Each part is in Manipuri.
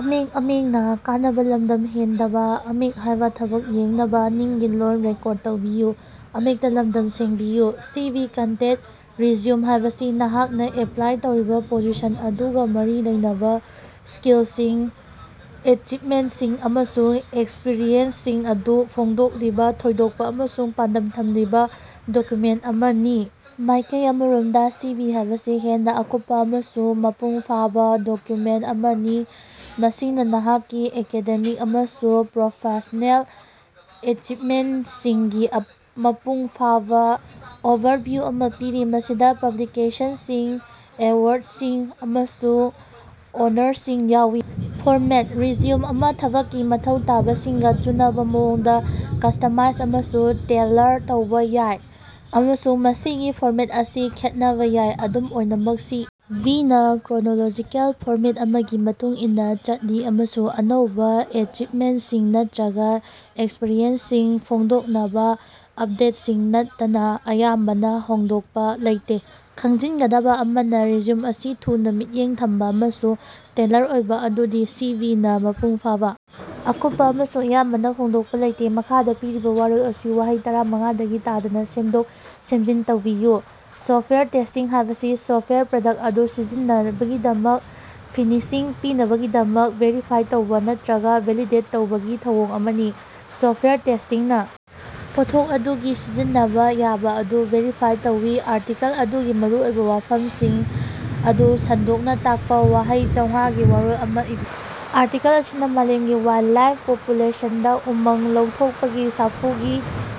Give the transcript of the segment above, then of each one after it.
ꯁꯤ ꯚꯤ. ꯀꯟꯇꯦꯟꯠ: ꯔꯤꯖ꯭ꯌꯨꯝ ꯍꯥꯏꯕꯁꯤ ꯅꯍꯥꯛꯅ ꯑꯦꯄ꯭ꯂꯥꯏ ꯇꯧꯔꯤꯕ ꯄꯣꯖꯤꯁꯟ ꯑꯗꯨꯒ ꯃꯔꯤ ꯂꯩꯅꯕ ꯁ꯭ꯀꯤꯜꯁꯤꯡ, ꯑꯦꯆꯤꯚꯃꯦꯟꯠꯁꯤꯡ ꯑꯃꯁꯨꯡ ꯑꯦꯛꯁꯄꯤꯔꯤꯑꯦꯟꯁꯁꯤꯡ ꯑꯗꯨ ꯐꯣꯡꯗꯣꯛꯂꯤꯕꯥ ꯊꯣꯏꯗꯣꯛꯄ ꯑꯃꯁꯨꯡ ꯄꯥꯟꯗꯝ ꯊꯝꯂꯤꯕ ꯗꯣꯀ꯭ꯌꯨꯃꯦꯟꯠ ꯑꯃꯅꯤ꯫ ꯃꯥꯏꯀꯩ ꯑꯃꯔꯣꯝꯗ, ꯁꯤꯚꯤ ꯍꯥꯏꯕꯁꯤ ꯍꯦꯟꯅ ꯑꯀꯨꯞꯄ ꯑꯃꯁꯨꯡ ꯃꯄꯨꯡꯐꯥꯕ ꯗꯣꯀ꯭ꯌꯨꯃꯦꯟꯠ ꯑꯃꯅꯤ, ꯃꯁꯤꯅ ꯅꯍꯥꯛꯀꯤ ꯑꯦꯀꯥꯗꯦꯃꯤꯛ ꯑꯃꯁꯨꯡ ꯄ꯭ꯔꯣꯐꯦꯁꯅꯦꯜ ꯑꯦꯆꯤꯚꯃꯦꯟꯇꯁꯤꯡꯒꯤ ꯃꯄꯨꯡꯐꯥꯕ ꯑꯣꯚꯔꯚꯤꯌꯨ ꯑꯃꯥ ꯄꯤꯔꯤ, ꯃꯁꯤꯗ ꯄꯕ꯭ꯂꯤꯀꯦꯁꯟꯁꯤꯡ, ꯑꯦꯋꯥꯔꯗꯁꯤꯡ ꯑꯃꯁꯨꯡ ꯑꯣꯅꯔꯁꯤꯡ ꯌꯥꯎꯏ꯫ ꯐꯣꯔꯃꯦꯠ: ꯔꯤꯖ꯭ꯌꯨꯝ ꯑꯃꯥ ꯊꯕꯛꯀꯤ ꯃꯊꯧ ꯇꯥꯕꯁꯤꯡꯒ ꯆꯨꯅꯕꯥ ꯃꯑꯣꯡꯗ ꯀ꯭ꯁꯇꯃꯥꯏꯖ ꯑꯃꯁꯨꯡ ꯇꯦꯜꯂꯔ ꯇꯧꯕꯥ ꯌꯥꯏ, ꯑꯃꯁꯨꯡ ꯃꯁꯤꯒꯤ ꯐꯣꯔꯃꯦꯠ ꯑꯁꯤ ꯈꯦꯠꯅꯕ ꯌꯥꯏ꯫ ꯑꯗꯨꯝ ꯑꯣꯏꯅꯃꯛ, ꯁꯤ. ꯚꯤ.ꯅ ꯀ꯭ꯔꯣꯅꯣꯂꯣꯖꯤꯀꯦꯜ ꯐꯣꯔꯃꯦꯠ ꯑꯃꯒꯤ ꯃꯇꯨꯡ ꯏꯟꯅ ꯆꯠꯂꯤ ꯑꯃꯁꯨꯡ ꯑꯅꯧꯕ ꯑꯦꯆꯤꯕꯃꯦꯟꯠꯁꯤꯡ ꯅꯠꯇꯔꯒ ꯑꯦꯛꯁꯄꯔꯤꯌꯦꯟꯁꯁꯤꯡ ꯐꯣꯡꯗꯣꯛꯅꯕ ꯑꯞꯗꯦꯠꯁꯤꯡ ꯅꯠꯇꯅ ꯑꯌꯥꯝꯕꯅ ꯍꯣꯡꯗꯣꯛꯄ ꯂꯩꯇꯦ꯫ ꯈꯪꯖꯤꯟꯒꯗꯕ ꯑꯃꯅ, ꯔꯤꯖ꯭ꯌꯨꯝ ꯑꯁꯤ ꯊꯨꯅ, ꯃꯤꯠꯌꯦꯡ ꯊꯝꯕ ꯑꯃꯁꯨꯡ ꯇꯦꯜꯂꯔ ꯑꯣꯏꯕ, ꯑꯗꯨꯒ ꯁꯤ. ꯚꯤ. ꯅ ꯃꯄꯨꯡꯐꯥꯕ, ꯑꯀꯨꯞꯄ ꯑꯃꯁꯨꯡ ꯑꯌꯥꯝꯕꯅ ꯍꯣꯡꯗꯣꯛꯄ ꯂꯩꯇꯦ꯫ ꯃꯈꯥꯗꯥ ꯄꯤꯔꯤꯕꯥ ꯋꯥꯔꯣꯜ ꯑꯁꯤ ꯋꯥꯍꯩ ꯇꯔꯥ ꯃꯉꯥꯗꯒꯤ ꯇꯥꯗꯅ ꯁꯦꯝꯗꯣꯛ-ꯁꯦꯃꯖꯤꯟ ꯇꯧꯕꯤꯌꯨ꯫ ꯁꯣꯐꯇꯋꯥꯌꯔ ꯇꯦꯁ꯭ꯇꯤꯡ ꯍꯥꯏꯕꯁꯤ ꯁꯣꯐꯇꯋꯥꯌꯔ ꯄ꯭ꯔꯗꯛ ꯑꯗꯨ ꯁꯤꯖꯤꯟꯅꯅꯕꯒꯤꯗꯃꯛ ꯐꯤꯅꯤꯁꯤꯡ ꯄꯤꯅꯕꯒꯤꯗꯃꯛ ꯚꯦꯔꯤꯐꯥꯏ ꯇꯧꯕꯥ, ꯅꯠꯇꯔꯒꯥ ꯚꯦꯂꯤꯗꯦꯠ ꯇꯧꯕꯒꯤ ꯊꯧꯑꯣꯡ ꯑꯃꯅꯤ꯫ ꯁꯣꯐꯇꯋꯥꯌꯔ ꯇꯦꯁ꯭ꯇꯤꯡꯅ ꯄꯣꯠꯊꯣꯛ ꯑꯗꯨꯒꯤ ꯁꯤꯖꯤꯟꯅꯕ ꯌꯥꯕ ꯑꯗꯨ ꯚꯦꯔꯤꯐꯥꯏ ꯇꯧꯏ꯫ ꯑꯥꯔꯇꯤꯀꯜ ꯑꯗꯨꯒꯤ ꯃꯔꯨꯑꯣꯏꯕꯥ ꯋꯥꯐꯃꯁꯤꯡ ꯑꯗꯨ ꯁꯟꯗꯣꯛꯅ ꯇꯥꯛꯄ ꯋꯥꯍꯩ ꯆꯧꯉꯥꯒꯤ ꯋꯥꯔꯣꯜ ꯑꯃꯥ ꯏꯕꯤꯌꯨ꯫ ꯑꯥꯔꯇꯤꯀꯜ ꯑꯁꯤꯅ ꯃꯥꯂꯦꯝꯒꯤ ꯋꯥꯏꯜꯗꯂꯥꯏꯐ ꯄꯣꯄꯨꯂꯦꯁꯟꯗ ꯎꯃꯪ ꯂꯧꯊꯣꯛꯄꯒꯤ ꯁꯥꯐꯨꯒꯤ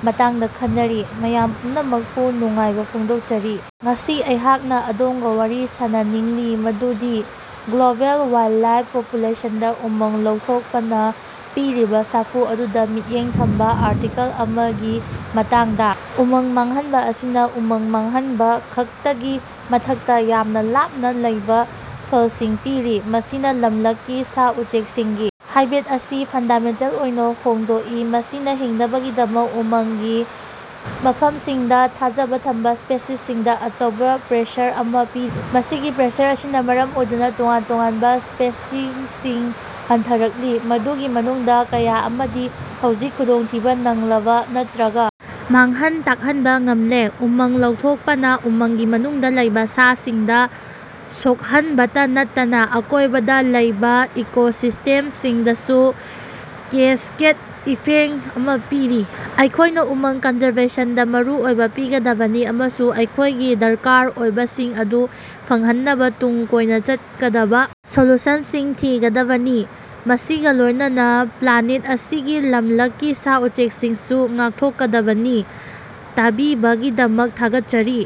ꯃꯇꯥꯡꯗ ꯈꯟꯅꯔꯤ꯫ ꯃꯌꯥꯝ ꯄꯨꯝꯅꯃꯀꯄꯨ ꯅꯨꯡꯉꯥꯏꯕ ꯐꯣꯡꯗꯣꯛꯆꯔꯤ꯫ ꯉꯁꯤ ꯑꯩꯍꯥꯛꯅ ꯑꯗꯣꯝꯒ ꯋꯥꯔꯤ ꯁꯥꯅꯅꯤꯡꯂꯤ ꯃꯗꯨꯗꯤ ꯒ꯭ꯂꯣꯕꯦꯜ ꯋꯥꯏꯜꯗꯂꯥꯏꯐ ꯄꯣꯄꯨꯂꯦꯁꯟꯗ ꯎꯃꯪ ꯂꯧꯊꯣꯛꯄꯅ ꯄꯤꯔꯤꯕ ꯁꯥꯐꯨ ꯑꯗꯨꯗ ꯃꯤꯠꯌꯦꯡ ꯊꯝꯕ ꯑꯥꯔꯇꯤꯀꯜ ꯑꯃꯒꯤ ꯃꯇꯥꯡꯗ꯫ ꯎꯃꯪ ꯃꯥꯡꯍꯟꯕ ꯑꯁꯤꯅ ꯎꯃꯪ ꯃꯥꯡꯍꯟꯕꯈꯛꯇꯒꯤ ꯃꯊꯛꯇ ꯌꯥꯝꯅ ꯂꯥꯞꯅ ꯂꯩꯕꯥ ꯐꯜꯁꯤꯡ ꯄꯤꯔꯤ꯫ ꯃꯁꯤꯅ ꯂꯝꯂꯛꯀꯤ ꯁꯥ-ꯎꯆꯦꯛꯁꯤꯡꯒꯤ ꯍꯥꯏꯕꯦꯠ ꯑꯁꯤ ꯐꯟꯗꯥꯃꯦꯟꯇꯦꯜ ꯑꯣꯏꯅ ꯍꯣꯡꯗꯣꯛꯏ, ꯃꯁꯤꯅ ꯍꯤꯡꯅꯕꯒꯤꯗꯃꯛ ꯎꯃꯪꯒꯤ ꯃꯐꯅꯁꯤꯡꯗ ꯊꯥꯖꯕ ꯊꯝꯕ ꯁ꯭ꯄꯦꯁꯤꯁꯁꯤꯡꯗ ꯑꯆꯧꯕ ꯄ꯭ꯔꯦꯁꯔ ꯑꯃ ꯄꯤꯔꯤ꯫ ꯃꯁꯤꯒꯤ ꯄ꯭ꯔꯦꯁꯔ ꯑꯁꯤꯅ ꯃꯔꯝ ꯑꯣꯏꯗꯨꯅ ꯇꯣꯉꯥꯟ ꯇꯣꯉꯥꯟꯕ ꯁ꯭ꯄꯦꯁꯤꯁꯁꯤꯡ ꯍꯟꯊꯔꯛꯂꯤ, ꯃꯗꯨꯒꯤ ꯃꯅꯨꯡꯗ ꯀꯌꯥ ꯑꯃꯗꯤ ꯍꯧꯖꯤꯛ ꯈꯨꯗꯣꯡꯊꯤꯕ ꯅꯪꯂꯕ ꯅꯠꯇꯔꯒ ꯃꯥꯡꯍꯟ ꯇꯥꯛꯍꯟꯕꯥ ꯉꯝꯂꯦ꯫ ꯎꯃꯪ ꯂꯧꯊꯣꯛꯄꯅ ꯎꯃꯪꯒꯤ ꯃꯅꯨꯡꯗ ꯂꯩꯕ ꯁꯥꯁꯤꯡꯗ ꯁꯣꯛꯍꯟꯕꯇ ꯅꯠꯇꯅ ꯑꯀꯣꯏꯕꯗ ꯂꯩꯕ ꯏꯀꯣꯁꯤꯁ꯭ꯇꯦꯅꯁꯤꯡꯗꯁꯨ ꯀꯦꯁꯀꯦꯗ ꯏꯐꯦꯛ ꯑꯃ ꯄꯤ꯫ ꯑꯩꯈꯣꯏꯅꯥ ꯎꯃꯪ ꯀꯟꯖꯥꯔꯕꯦꯁꯟꯗ ꯃꯔꯨ ꯑꯣꯏꯕ ꯄꯤꯒꯗꯕꯅꯤ ꯑꯃꯁꯨꯡ ꯑꯩꯈꯣꯏꯒꯤ ꯗꯔꯀꯥꯔ ꯑꯣꯏꯕꯁꯤꯡ ꯑꯗꯨ ꯐꯪꯍꯟꯅꯕ ꯇꯨꯡ ꯀꯣꯏꯅ ꯆꯠꯀꯗꯕ ꯁꯣꯂꯨꯁꯟꯁꯤꯡ ꯊꯤꯒꯗꯕꯅꯤ, ꯃꯁꯤꯒ ꯂꯣꯏꯅꯅ ꯄ꯭ꯂꯥꯅꯦꯠ ꯑꯁꯤꯒꯤ ꯂꯝꯂꯛꯀꯤ ꯁꯥ-ꯎꯆꯦꯛꯁꯤꯡꯁꯨ ꯉꯥꯛꯊꯣꯛꯀꯗꯕꯅꯤ꯫ ꯇꯥꯕꯤꯕꯒꯤꯗꯃꯛ ꯊꯥꯒꯠꯆꯔꯤ꯫